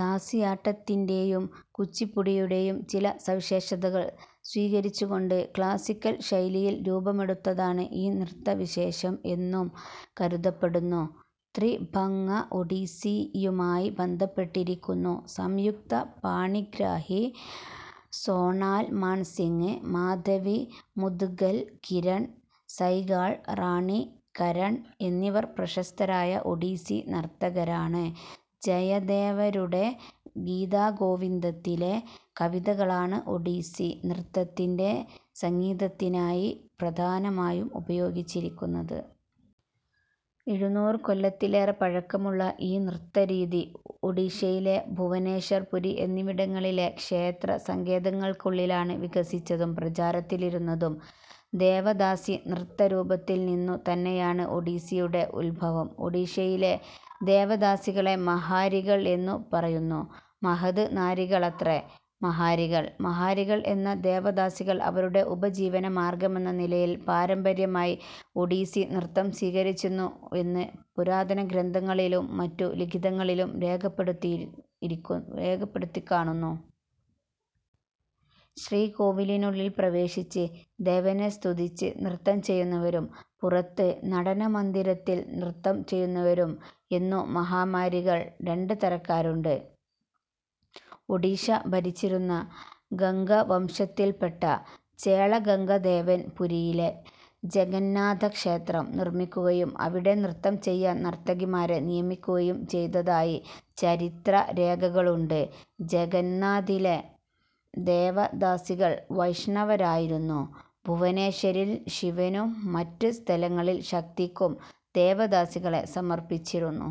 ദാസിയാട്ടത്തിന്റെയും കുച്ചിപ്പുടിയുടെയും ചില സവിശേഷതകൾ സ്വികരിച്ചുകൊണ്ട് ക്ലാസിക്കൽ ശൈലിയിൽ രൂപമെടുത്തതാണ് ഈ നൃത്തവിശേഷം എന്നും കരുതപ്പെടുന്നു. 'ത്രിഭംഗ' ഒഡീസ്സിയുമായി ബന്ധപ്പെട്ടിരിക്കുന്നു. സംയുക്ത പാണിഗ്രാഹി, സോണാൽ മാൻസിങ്ങ്, മാധവി മുദ്ഗൽ, കിരൺ സൈഗാൾ, റാണി കരൺ എന്നിവർ പ്രശസ്തരായ ഒഡീസ്സി നർത്തകരാണ്. ജയദേവരുടെ 'ഗീതാഗോവിന്ദത്തിലെ' കവിതകളാണ് ഒഡീസ്സി നൃത്തത്തിന്റെ സംഗീതത്തിനായി പ്രധാനമായും ഉപയോഗിച്ചിരിക്കുന്നത്. എഴുന്നൂറു കൊല്ലത്തിലേറെ പഴക്കമുള്ള ഈ നൃത്തരീതി ഒഡീഷയിലെ ഭുവനേശ്വർ പുരി എന്നിവിടങ്ങളിലെ ക്ഷേത്രസങ്കേതങ്ങൾക്കുള്ളിലാണ് വികസിച്ചതും പ്രചാരത്തിലിരുന്നതും. ദേവദാസി നൃത്തത്തിൽനിന്നു തന്നെയാണ് ഒഡീസ്സിയുടെയും ഉത്ഭവം. ഒഡീഷയിലെ ദേവദാസികളെ 'മഹാരികൾ 'എന്നു പറയുന്നു. മഹത്-നാരികളത്രേ മഹാരികൾ. മഹാരികൾ എന്ന ദേവദാസികൾ അവരുടെ ഉപജീവന മാർഗ്ഗമെന്ന നിലയിൽ പാരമ്പര്യമായി ഒഡീസി നൃത്തം സ്വീകരിച്ചിരുന്നുവെന്ന് പുരാതനഗ്രന്ഥങ്ങളിലും മറ്റു ലിഖിതങ്ങളിലും രേഖപ്പെടുത്തിക്കാണുന്നു. ശ്രീകോവിലുള്ളിൽ പ്രവേശിച്ച്, ദേവനെ സ്തുതിച്ച് നൃത്തം ചെയ്യുന്നവരും, പുറത്ത് നടനമന്ദിരത്തിൽ നൃത്തം ചെയ്യുന്നവരും എന്നു മഹാരികൾ രണ്ട് തരക്കാരുണ്ട്. ഒഡീഷ ഭരിച്ചിരുന്ന ഗംഗവംശത്തിൽപ്പെട്ട ചോളഗംഗദേവൻ പുരിയിലെ ജഗന്നാഥക്ഷേത്രം നിർമ്മിക്കുകയും, അവിടെ നൃത്തം ചെയ്യാൻ നർത്തകിമാരെ നിയമിക്കുകയും ചെയ്തതായി ചരിത്രരേഖകളുണ്ട്. ജഗന്നാഥിലെ ദേവദാസികൾ വൈഷ്ണവരായിരുന്നു. ഭുവനേശ്വരിൽ ശിവനും, മറ്റ് സ്ഥലങ്ങളിൽ ശക്തിക്കും ദേവദാസികളെ സമർപ്പിച്ചിരുന്നു.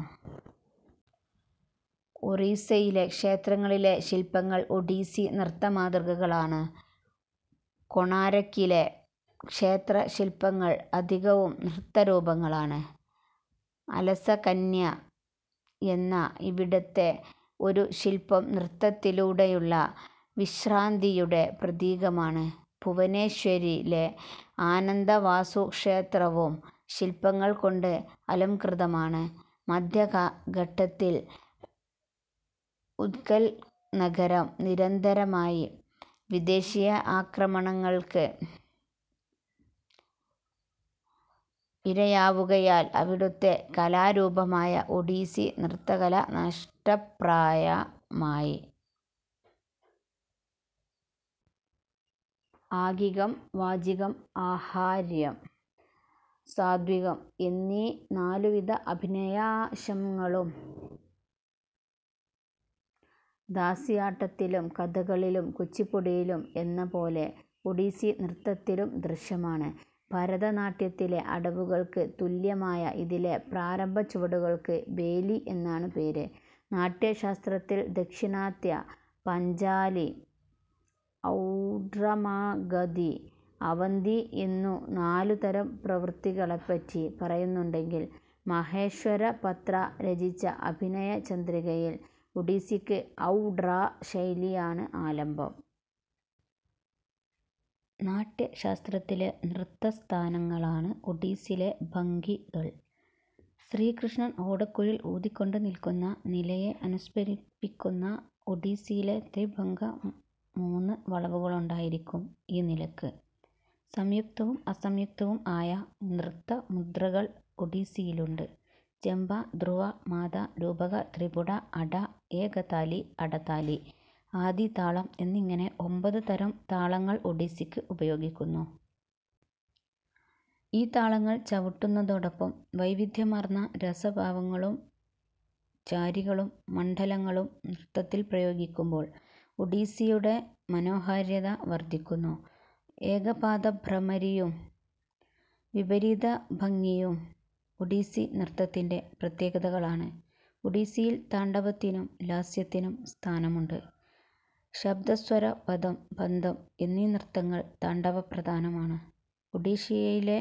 ഒറീസ്സയിലെ ക്ഷേത്രങ്ങളിലെ ശില്പങ്ങൾ ഒഡീസ്സി നൃത്തമാതൃകകളാണ്. കൊണാരക്കിലെ ക്ഷേത്രശില്പങ്ങൾ അധികവും നൃത്തരൂപങ്ങളാണ്. "അലസകന്യ" എന്ന ഇവിടത്തെ ഒരു ശില്പം നൃത്തത്തിലൂടെയുള്ള വിശ്രാന്തിയുടെ പ്രതീകമാണ്. ഭുവനേശ്വരിലെ ആനന്ദവാസുദേവക്ഷേത്രവും ശില്പങ്ങൾ കൊണ്ട് അലംകൃതമാണു. മധ്യകാലഖട്ടത്തിൽ ഉത്കൽ നഗരം നിരന്തരമായ വിദേശിയ ആക്രമണങ്ങൾക്ക് ഇരയാവുകയാൽ അവിടത്തെ കലാരൂപമായ ഒഡീസി നൃത്തകല നഷ്ടപ്രായമായി. ആഗികം, വാചികം, ആഹാര്യം, സാത്വികം എന്നീ നാലുവിധ അഭിനയാംശങ്ങളും ദാസിയാട്ടത്തിലും കഥകളിയിലും കുച്ചിപ്പുടിയിലും എന്നപോലെ ഒഡീസി നൃത്തത്തിലും ദൃശ്യമാണ്. ഭരതനാട്യത്തിലെ അടവുകൾക്ക് തുല്യമായ ഇതിലെ പ്രാരംഭച്ചുവടുകൾക്ക് ബേലി എന്നാണ് പേര്. നാട്യശാസ്ത്രത്തിൽ ദാക്ഷിണാത്യ, പാഞ്ചാലി, ഔഡ്രമാഗധി, അവന്തി എന്നു നാലു തരം പ്രവൃത്തികളെപ്പറ്റി പറയുന്നുണ്ടെങ്കിൽ മഹേശ്വരപത്ര രചിച്ച അഭിനയചന്ദ്രികയിൽ ഒഡീസ്സിക്ക് ഔഡ്രാ ശൈലിയാണ് ആലംബം. നാട്യശാസ്ത്രത്തിലെ "നൃത്തസ്ഥാന"ങ്ങളാണ് ഒഡിസ്സിയിലെ 'ഭംഗി'കൾ. ശ്രീകൃഷ്ണൻ ഓടക്കുഴൽ ഊതികൊണ്ട് നിൽക്കുന്ന നിലയെ അനുസ്മരിപ്പിക്കുന്നു ഒഡിസ്സിയിലെ 'ത്രിഭംഗ'. മൂന്ന് വളവുകളുണ്ടായിരിക്കും ഈ നിലക്ക്. സംയുക്തവും അസംയുക്തവും ആയ നൃത്തമുദ്രകൾ ഒഡിസ്സിയിലുണ്ട്. ജംബ, ധ്രുവാ, മാതാ, രൂപക, ത്രിപുട, അട, ഏകതാലി, അടതാലി, ആദിതാളം എന്നിങ്ങനെ ഒമ്പത് തരം താളങ്ങൾ ഒഡിസ്സിക്ക് ഉപയോഗിക്കുന്നു. ഈ താളങ്ങൾ ചവുട്ടുന്നതോടൊപ്പം വൈവിദ്ധ്യമാർന്ന രസഭാവങ്ങളും, ചാരികളും, മണ്ഡലങ്ങളും നൃത്തത്തിൽ പ്രയോഗിക്കുമ്പോൾ ഒഡിസ്സിയുടെ മനോഹാര്യത വർദ്ധിക്കുന്നു. ഏകപാദഭ്രമരിയും, വിപരീതഭംഗിയും ഒഡിസ്സിനൃത്തത്തിന്റെ പ്രത്യേകതകളാണ്. ഒഡിസ്സിയിൽ താണ്ഡവത്തിനും ലാസ്യത്തിനും സ്ഥാനമുണ്ട്. ശബ്ദസ്വരപദം, ബന്ധം, എന്നീ നൃത്തങ്ങൾ താണ്ഡവപ്രധാനമാണ്. ഒഡീഷയിലെ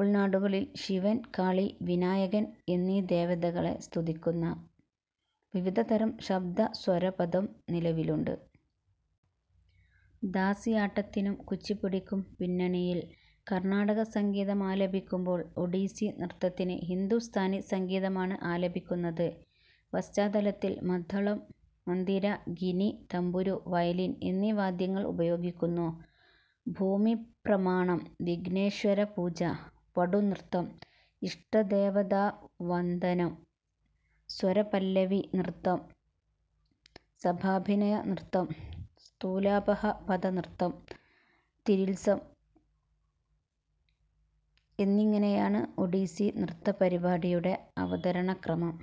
ഉൾനാടുകളിൽ ശിവൻ, കാളി, വിനായകൻ എന്നീ ദേവതകളെ സ്തുതിക്കുന്ന വിവിധതരം ശബ്ദസ്വരപദം നിലവിലുണ്ട്. ദാസിയാട്ടത്തിനും കുച്ചിപ്പുടിക്കും പിന്നണിയിൽ കർണാടക സംഗീതമാലപിക്കുമ്പോൾ ഒഡീസി നൃത്തത്തിന് ഹിന്ദുസ്ഥാനി സംഗീതമാണ് ആലപിക്കുന്നത്. പശ്ചാത്തലത്തിൽ മദ്ദളം, മന്ദിര, ഗിനി, തംബുരു, വയലിൻ എന്നീ വാദ്യങ്ങൾ ഉപയോഗിക്കുന്നു. ഭൂമിപ്രണാമം, വിഘ്നേശ്വരപൂജ, വടുനൃത്തം, ഇഷ്ടദേവതാവന്ദനം, സ്വരപല്ലവിനൃത്തം, സഭാഭിനയനൃത്തം, സ്ഥൂലാപഹപദനൃത്തം, തരിത്സം എന്നിങ്ങനെയാണ് ഒഡീസി നൃത്തപരിപാടിയുടെ അവതരണക്രമം.